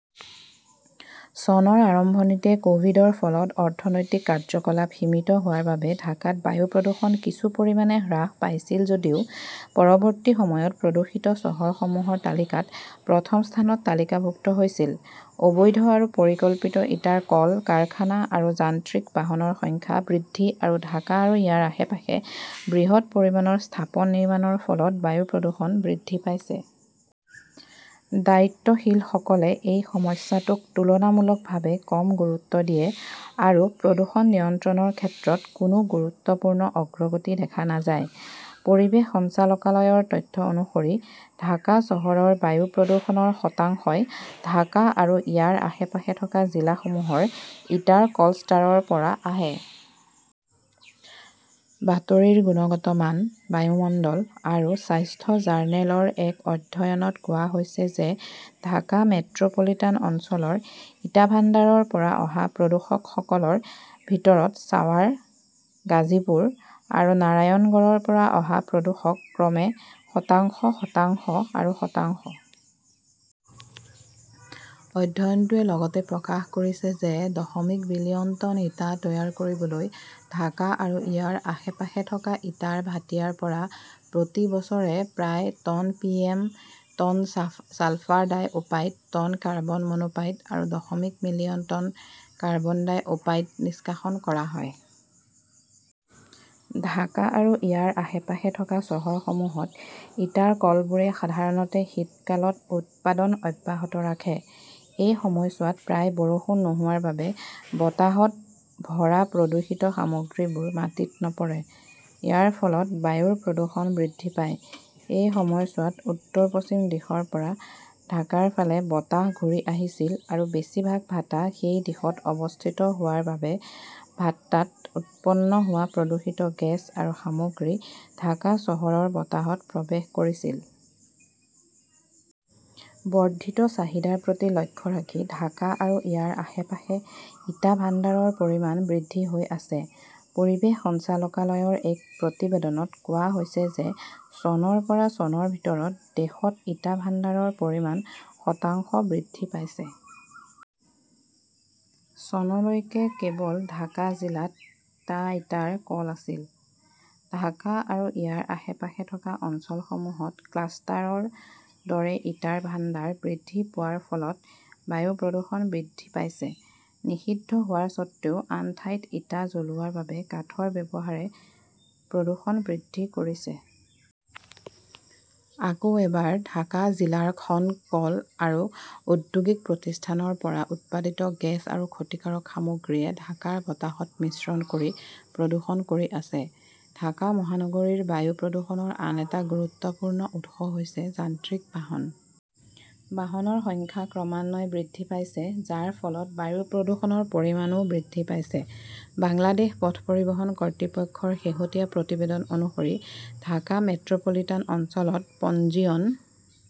চনৰ আৰম্ভণিতে ক "ভিড- ৰ ফলত অৰ্থনৈতিক কাৰ্যকলাপ সীমিত হোৱাৰ বাবে ঢাকাত বায়ু প্ৰদূষণ কিছু পৰিমাণে হ্ৰাস পাইছিল, যদিও পৰৱৰ্তী সময়ত প্ৰদূষিত চহৰসমূহৰ তালিকাত প্ৰথম স্থানত তালিকাভুক্ত হৈছিল। অবৈধ আৰু পৰিকল্পিত ইটাৰ কল, কাৰখানা আৰু যান্ত্ৰিক বাহনৰ সংখ্যা বৃদ্ধি আৰু ঢাকা আৰু ইয়াৰ আশে-পাশে বৃহৎ পৰিমাণৰ স্থাপন নিৰ্মাণৰ ফলত বায়ু প্ৰদূষণ বৃদ্ধি পাইছে। দায়িত্বশীলসকলে এই সমস্যাটোক তুলনামূলকভাৱে কম গুৰুত্ব দিয়ে আৰু প্ৰদূষণ নিয়ন্ত্ৰণৰ ক্ষেত্ৰত কোনো গুৰুত্বপূৰ্ণ অগ্ৰগতি দেখা নাযায়। পৰিৱেশ সঞ্চালকালয়ৰ তথ্য অনুসৰি, ঢাকা চহৰৰ বায়ু প্ৰদূষণৰ শতাংশই ঢাকা আৰু ইয়াৰ আশে-পাশে থকা জিলাসমূহৰ ইটাৰ কলষ্টাৰৰ পৰা আহে। বাতৰিৰ গুণগত মান, বায়ুমণ্ডল আৰু স্বাস্থ্য জাৰ্নেলৰ এক অধ্যয়নত কোৱা হৈছে যে ঢাকা মেট্ৰ 'পলিটান অঞ্চলৰ ইটা ভাণ্ডাৰৰ পৰা অহা প্ৰদূষকসকলৰ ভিতৰত ছাৱাৰ, গাজীপুৰ আৰু নাৰায়ণগড়ৰ পৰা অহা প্ৰদূষক ক্ৰমে শতাংশ, শতাংশ আৰু শতাংশ। অধ্যয়নটোৱে লগতে প্ৰকাশ কৰিছে যে দশমিক বিলিয়ন টন ইটা তৈয়াৰ কৰিবলৈ ঢাকা আৰু ইয়াৰ আশে-পাশে থকা ইটাৰ ভাটিয়াৰ পৰা প্ৰতি বছৰে প্ৰায় ton PM. Ton sulphur dioxide, ton carbon monoxide আৰু দশমিক মিলিয়ন টন কাৰ্বন ডাই-অপাইড নিষ্কাশন কৰা হয়। ঢাকা আৰু ইয়াৰ আশে-পাশে থকা চহৰসমূহত ইটাৰ কলবোৰে সাধাৰণতে শীতকালত উৎপাদন অব্যাহত ৰাখে। এই সময়ছোৱাত প্ৰায় বৰষুণ নোহোৱাৰ বাবে বতাহত ভৰা প্ৰদূষিত সামগ্ৰীবোৰ মাটিত নপৰে। ইয়াৰ ফলত বায়ুৰ প্ৰদূষণ বৃদ্ধি পায়। এই সময়ছোৱাত উত্তৰ-পশ্চিম দিশৰ পৰা ঢাকাৰ ফালে বতাহ ঘূৰি আহিছিল আৰু বেছিভাগ ভাটা সেই দিশত অৱস্থিত হোৱাৰ বাবে ভাট্টাত উৎপন্ন হোৱা প্ৰদূষিত গেছ আৰু সামগ্ৰী ঢাকা চহৰৰ বতাহত প্ৰৱেশ কৰিছিল। বৰ্ধিত চাহিদাৰ প্ৰতি লক্ষ্য ৰাখি ঢাকা আৰু ইয়াৰ আশে-পাশে ইটা ভাণ্ডাৰৰ পৰিমাণ বৃদ্ধি হৈ আছে। পৰিৱেশ সঞ্চালকালয়ৰ এক প্ৰতিবেদনত কোৱা হৈছে যে চনৰ পৰা চনৰ ভিতৰত দেশত ইটা ভাণ্ডাৰৰ পৰিমাণ শতাংশ বৃদ্ধি পাইছে। চনলৈকে কেৱল ঢাকা জিলাত টা ইটাৰ কল আছিল। ঢাকা আৰু ইয়াৰ আশে-পাশে থকা অঞ্চলসমূহত ক্লাষ্টাৰৰ দৰে ইটাৰ ভাণ্ডাৰ বৃদ্ধি পোৱাৰ ফলত বায়ু প্ৰদূষণ বৃদ্ধি পাইছে। নিষিদ্ধ হোৱাৰ স্বত্ত্বেও আন ঠাইত ইটা জ্বলোৱাৰ বাবে কাঠৰ ব্যৱহাৰে প্ৰদূষণ বৃদ্ধি কৰিছে। আকৌ এবাৰ, ঢাকা জিলাৰ খন কল আৰু ঔদ্যোগিক প্ৰতিষ্ঠানৰ পৰা উৎপাদিত গেছ আৰু ক্ষতিকাৰক সামগ্ৰীয়ে ঢাকাৰ বতাহত মিশ্ৰণ কৰি প্ৰদূষণ কৰি আছে। ঢাকা মহানগৰীৰ বায়ু প্ৰদূষণৰ আন এটা গুৰুত্বপূৰ্ণ উৎস হৈছে যান্ত্ৰিক বাহন। বাহনৰ সংখ্যা ক্ৰমান্বয়ে বৃদ্ধি পাইছে, যাৰ ফলত বায়ু প্ৰদূষণৰ পৰিমাণও বৃদ্ধি পাইছে। বাংলাদেশ পথ পৰিবহণ কৰ্তৃপক্ষৰ শেহতীয়া প্ৰতিবেদন অনুসৰি ঢাকা মেট্ৰ 'পলিটান অঞ্চলত পঞ্জীয়ন